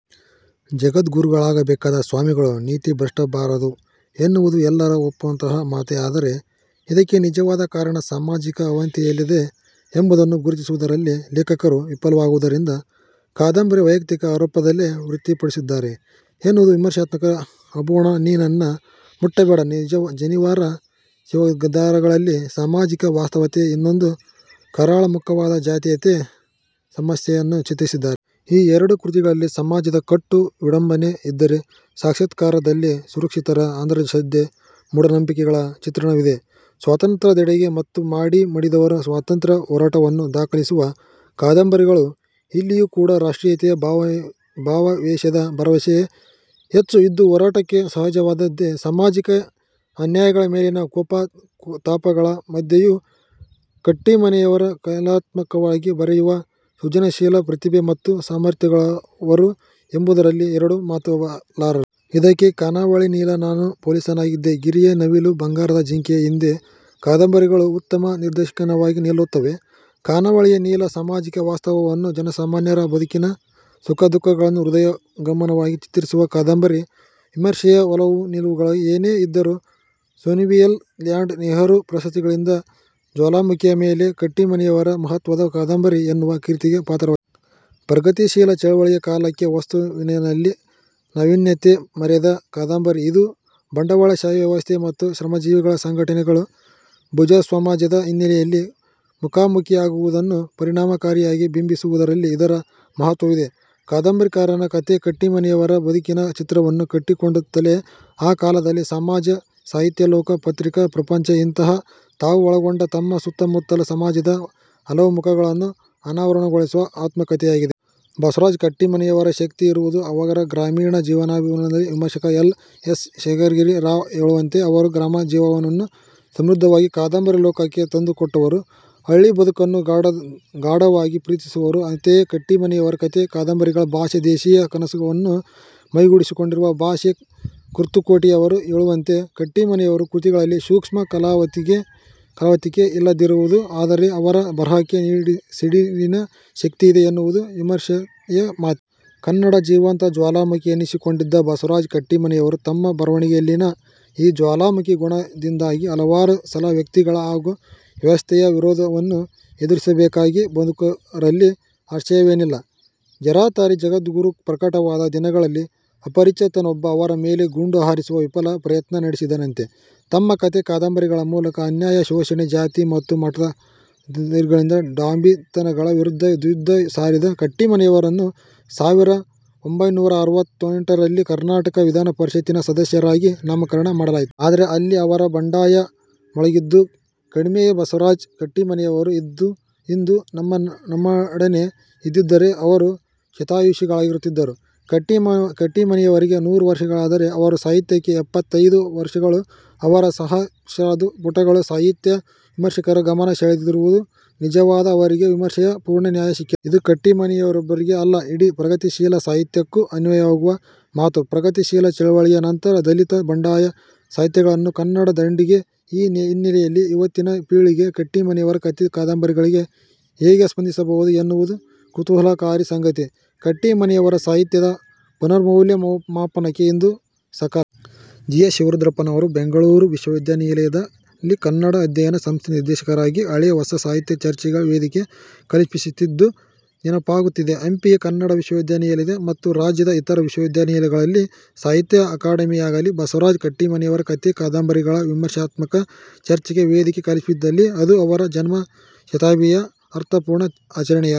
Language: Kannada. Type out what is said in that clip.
ಜಗದ್ಗುರುಗಳಾಗಬೇಕಾದ ಸ್ವಾಮಿಗಳು ನೀತಿಭ್ರಷ್ಟರಾಗಬಾರದು ಎನ್ನುವುದು ಎಲ್ಲರೂ ಒಪ್ಪುವಂತಹ ಮಾತೇ. ಆದರೆ ಇದಕ್ಕೆ ನಿಜವಾದ ಕಾರಣ ಸಾಮಾಜಿಕ ಅವನತಿಯಲ್ಲದೆ ಎಂಬುದನ್ನು ಗುರುತಿಸುವುದರಲ್ಲಿ ಲೇಖಕರು ವಿಫಲವಾಗುವುದರಿಂದ ಕಾದಂಬರಿ ವೈಯಕ್ತಿಕ ಆರೋಪದಲ್ಲೇ ತೃಪ್ತಿಪಡುವಂತಾಗಿದೆ ಎನ್ನುವುದು ವಿಮರ್ಶಕರ ಅಂಬೋಣ. 'ನೀ ನನ್ನ ಮುಟ್ಟಬೇಡ', 'ಜನಿವಾರ ಶಿವದಾರ'ಗಳಲ್ಲಿ ಸಾಮಾಜಿಕ ವಾಸ್ತವತೆಯ ಇನ್ನೊಂದು ಕರಾಳ ಮುಖವಾದ ಜಾತೀಯತೆ ಸಮಸ್ಯೆಯನ್ನು ಚಿತ್ರಿಸಿದ್ದಾರೆ. ಈ ಎರಡು ಕೃತಿಗಳಲ್ಲಿ ಸಮಾಜದ ಕಟು ವಿಡಂಬನೆ ಇದ್ದರೆ, 'ಸಾಕ್ಷಾತ್ಕಾರ'ದಲ್ಲಿ ಸುಶಿಕ್ಷಿತರ ಅಂಧಶ್ರದ್ಧೆ, ಮೂಢನಂಬಿಕೆಗಳ ಚಿತ್ರಣವಿದೆ. 'ಸ್ವಾತಂತ್ರ್ಯದೆಡೆಗೆ' ಮತ್ತು 'ಮಾಡಿ ಮಡಿದವರು' ಸ್ವಾತಂತ್ರ್ಯ ಹೋರಾಟವನ್ನು ದಾಖಲಿಸುವ ಕಾದಂಬರಿಗಳು. ಇಲ್ಲಿಯೂ ಕೂಡ ರಾಷ್ಟ್ರೀಯತೆಯ ಭಾವಾವೇಶದ ರಭಸವೇ ಹೆಚ್ಚು. ಇದು ಹೋರಾಟಕ್ಕೆ ಸಹಜವಾದದ್ದೇ. ಸಾಮಾಜಿಕ ಅನ್ಯಾಯಗಳ ಮೇಲಿನ ಕೋಪತಾಪಗಳ ಮಧ್ಯೆಯೂ ಕಟ್ಟೀಮನಿಯವರು ಕಲಾತ್ಮಕವಾಗಿ ಬರೆಯುವ ಸೃಜನಶೀಲ ಪ್ರತಿಭೆ ಮತ್ತು ಸಾಮರ್ಥ್ಯಗಳನ್ನುಳ್ಳವರು ಎಂಬುದರಲ್ಲಿ ಎರಡು ಮಾತಿರಲಾರದು. ಇದಕ್ಕೆ, 'ಖಾನಾವಳಿಯ ನೀಲ', 'ನಾನು ಪೊಲೀಸನಾಗಿದ್ದೆ, 'ಗಿರಿಯ ನವಿಲು', 'ಬಂಗಾರದ ಜಿಂಕೆಯ ಹಿಂದೆ' ಕಾದಂಬರಿಗಳು ಉತ್ತಮ ನಿದರ್ಶನವಾಗಿ ನಿಲ್ಲುತ್ತವೆ. 'ಖಾನಾವಳಿಯ ನೀಲ' ಸಾಮಾಜಿಕ ವಾಸ್ತವವನ್ನು, ಜನಸಾಮಾನ್ಯರ ಬದುಕಿನ ಸುಖದುಃಖಗಳನ್ನು ಹೃದಯಂಗಮವಾಗಿ ಚಿತ್ರಿಸುವ ಕಾದಂಬರಿ. ವಿಮರ್ಶೆಯ ಒಲವುನಿಲುವುಗಳು ಏನೇ ಇದ್ದರೂ, 'ಸೋವಿಯತ್ ಲ್ಯಾಂಡ್ ನೆಹರೂ ಪ್ರಶಸ್ತಿ'ಗಳಿಸಿದ 'ಜ್ವಾಲಾಮುಖಿಯ ಮೇಲೆ' ಕಟ್ಟೀಮನಿಯವರ ಮಹತ್ವದ ಕಾದಂಬರಿ ಎನ್ನುವ ಕೀರ್ತಿಗೆ ಪಾತ್ರವಾಗಿದೆ. ಪ್ರಗತಿಶೀಲ ಚಳವಳಿಯ ಕಾಲಕ್ಕೆ ವಸ್ತುವಿನಲ್ಲಿ ನಾವೀನ್ಯತೆ ಮೆರೆದ ಕಾದಂಬರಿ ಇದು. ಬಂಡವಾಳಶಾಹಿ ವ್ಯವಸ್ಥೆ ಮತ್ತು ಶ್ರಮಜೀವಿಗಳ ಸಂಘಟನೆಗಳು ಬೂರ್ಜ್ವಾಸಮಾಜದ ಹಿನ್ನೆಲೆಯಲ್ಲಿ ಮುಖಾಮುಖಿಯಾಗುವುದನ್ನು ಪರಿಣಾಮಕಾರಿಯಾಗಿ ಬಿಂಬಿಸುವುದರಲ್ಲಿ ಇದರ ಮಹತ್ವವಿದೆ. 'ಕಾದಂಬರಕಾರನ ಕಥೆ' ಕಟ್ಟೀಮನಿಯವರ ಬದುಕಿನ ಚಿತ್ರವನ್ನು ಕಟ್ಟಿಕೊಡುತ್ತಲೇ ಆ ಕಾಲದ ಸಮಾಜ, ಸಾಹಿತ್ಯಲೋಕ, ಪತ್ರಿಕಾ ಪ್ರಪಂಚ-ಇಂತಹ, ತಾವು ಒಳಗೊಂಡ ತಮ್ಮ ಸುತ್ತಮುತ್ತಲ ಸಮಾಜದ ಹಲವು ಮುಖಗಳನ್ನು ಅನಾವರಣಗೊಳಿಸುವ ಆತ್ಮಕಥೆಯಾಗಿದೆ. ಬಸವರಾಜ ಕಟ್ಟೀಮನಿಯವರ ಶಕ್ತಿ ಇರುವುದು ಅವರ ಗ್ರಾಮೀಣ ಜೀವನಾನುಭವದಲ್ಲಿ. ವಿಮರ್ಶಕ ಎಲ್. ಎಸ್. ಶೇಷಗಿರಿ ರಾವ್ ಹೇಳುವಂತೆ, ಅವರು ಗ್ರಾಮಜೀವನವನ್ನು ಸಮೃದ್ಧವಾಗಿ ಕಾದಂಬರಿ ಲೋಕಕ್ಕೆ ತಂದುಕೊಟ್ಟವರು. ಹಳ್ಳಿ ಬದುಕನ್ನು ಗಾಢವಾಗಿ ಪ್ರೀತಿಸಿದವರು. ಅಂತೆಯೇ ಕಟ್ಟೀಮನಿಯವರ ಕಥೆ, ಕಾದಂಬರಿಗಳ ಭಾಷೆ ದೇಸಿಯ ಕಸುವನ್ನು ಮೈಗೂಡಿಸಿಕೊಂಡಿರುವ ಭಾಷೆ. ಕುರ್ತಕೋಟಿಯವರು ಹೇಳುವಂತೆ ಕಟ್ಟೀಮನಿಯವರ ಕೃತಿಗಳಲ್ಲಿ ಸೂಕ್ಷ್ಮ ಕಲಾವಂತಿಕೆ ಇಲ್ಲದಿರಬಹುದು, ಆದರೆ ಅವರ ಬರಹಕ್ಕೆ ಸಿಡಿಲಿನ ಶಕ್ತಿ ಇದೆ ಎನ್ನುವುದೂ ವಿಮರ್ಶೆಯ ಮಾತೇ. ಕನ್ನಡದ ಜೀವಂತ ಜ್ವಾಲಾಮುಖಿ ಎನ್ನಿಸಿಕೊಂಡಿದ್ದ ಬಸವರಾಜ ಕಟ್ಟೀಮನಿಯವರು ತಮ್ಮ ಬರವಣಿಗೆಯಲ್ಲಿನ ಈ ಜ್ವಾಲಾಮುಖಿ ಗುಣದಿಂದಾಗಿ ಹಲವಾರು ಸಲ ವ್ಯಕ್ತಿಗಳ ಹಾಗೂ ವ್ಯವಸ್ಥೆಯ ವಿರೋಧವನ್ನೂ ಎದುರಿಸಬೇಕಾಗಿ ಬಂದುದರಲ್ಲಿ ಆಶ್ವರ್ಯವೇನಿಲ್ಲ. 'ಜರತಾರಿ ಜಗದ್ಗುರು' ಪ್ರಕಟವಾದ ದಿನಗಳಲ್ಲಿ ಅಪರಿಚಿತನೊಬ್ಬ ಅವರ ಮೇಲೆ ಗುಂಡುಹಾರಿಸುವ ವಿಫಲ ಪ್ರಯತ್ನ ನಡೆಸಿದ್ದನಂತೆ. ತಮ್ಮ ಕಥೆ, ಕಾದಂಬರಿಗಳ ಮೂಲಕ ಅನ್ಯಾಯ, ಶೋಷಣೆ, ಜಾತಿ-ಮತ, ಮಠಮಂದಿರಗಳ ಡಾಂಭಿಕತನಗಳ ವಿರುದ್ಧ ಯುದ್ಧ ಸಾರಿದ ಕಟ್ಟೀಮನಿಯವರನ್ನು ಸಾವಿರದ ಒಂಭೈನೂರ ಅರವತ್ತೆಂಟರಲ್ಲಿ ಕರ್ನಾಟಕ ವಿಧಾನಪರಿಷತ್ತಿನ ಸದಸ್ಯರಾಗಿ ನಾಮಕರಣ ಮಾಡಲಾಯಿತು. ಆದರೆ ಅಲ್ಲಿ ಅವರ ಬಂಡಾಯ ಮೊಳಗಿದ್ದು ಕಡಿಮೆಯೇ. ಬಸವರಾಜ ಕಟ್ಟೀಮನಿಯವರು ಇಂದು ನಮ್ಮಡನೆ ಇದ್ದಿದ್ದರೆ ಅವರು ಶತಾಯುಷಿಗಳಾಗುತ್ತಿದ್ದರು. ಕಟ್ಟೀಮನಿಯವರಿಗೆ ನೂರು ವರ್ಷವಾದರೆ ಅವರ ಸಾಹಿತ್ಯಕ್ಕೆ ಎಪ್ಪತ್ತೈದು ವರುಷಗಳು. ಅವರ ಸಹಸ್ರಾರು ಪುಟಗಳ ಸಾಹಿತ್ಯ ವಿಮರ್ಶಕರ ಗಮನ ಸೆಳೆದಿರುವುದು ನಿಜವಾದರೂ ಅವರಿಗೆ ವಿಮರ್ಶೆಯ ಪೂರ್ಣ ನ್ಯಾಯ ಸಿಕ್ಕಿಲ್ಲ. ಇದು ಕಟ್ಟೀಮನಿಯೊಬ್ಬರಿಗೇ ಅಲ್ಲ, ಇಡೀ ಪ್ರಗತಶೀಲ ಸಾಹಿತ್ಯಕ್ಕೂ ಅನ್ವಯವಾಗುವ ಮಾತು. ಪ್ರಗತಿಶೀಲ ಚಳವಳಿಯ ನಂತರ ದಲಿತ, ಬಂಡಾಯ ಸಾಹಿತ್ಯಗಳನ್ನೂ ಕನ್ನಡ ಕಂಡಿದೆ. ಈ ಹಿನ್ನೆಲೆಯಲ್ಲಿ ಇವತ್ತಿನ ಪೀಳಿಗೆ ಕಟ್ಟೀಮನಿಯವರ ಕಥೆ, ಕಾದಂಬರಿಗಳಿಗೆ ಹೇಗೆ ಸ್ಪಂದಿಸಬಹುದು ಎನ್ನುವುದು ಕುತೂಹಲಕಾರಿಯಾದ ಸಂಗತಿ. ಕಟ್ಟೀಮನಿಯವರ ಸಾಹಿತ್ಯದ ಪುನರ್ಮೌಲ್ಯ ಮಾಪನಕ್ಕೆ ಇದು ಸಕಾಲ. ಜಿ. ಎಸ್. ಶಿವರುದ್ರಪ್ಪನವರು ಬೆಂಗಳೂರು ವಿಶ್ವವಿದ್ಯಾನಿಲಯದಲ್ಲಿ ಕನ್ನಡ ಅಧ್ಯಯನ ಸಂಸ್ಥೆ ನಿರ್ದೇಶಕರಾಗಿದ್ದಾಗ ಹಳೆ-ಹೊಸ ಸಾಹಿತ್ಯಗಳ ಚರ್ಚೆಗೆ ವೇದಿಕೆ ಕಲ್ಪಿಸುತ್ತಿದ್ದುದು ನೆನಪಾಗುತ್ತಿದೆ. ಹಂಪಿಯ ಕನ್ನಡ ವಿಶ್ವವಿದ್ಯಾನಿಲಯ ಮತ್ತು ರಾಜ್ಯದ ಇತರ ವಿಶ್ವವಿದ್ಯಾನಿಲಯಗಳಾಗಲೀ ಸಾಹಿತ್ಯ ಅಕಾಡೆಮಿಯಾಗಲೀ ಬಸವರಾಜ ಕಟ್ಟೀಮನಿಯವರ ಕಥೆ ಕಾದಂಬರಿಗಳ ವಿಮರ್ಶಾತ್ಮಕ ಚರ್ಚೆಗೆ ವೇದಿಕೆ ಕಲ್ಪಿಸಿದಲ್ಲಿ ಅದು ಅವರ ಜನ್ಮ ಶತಾಬ್ದಿಯ ಅರ್ಥಪೂರ್ಣ ಆಚರಣೆಯಾದೀತು.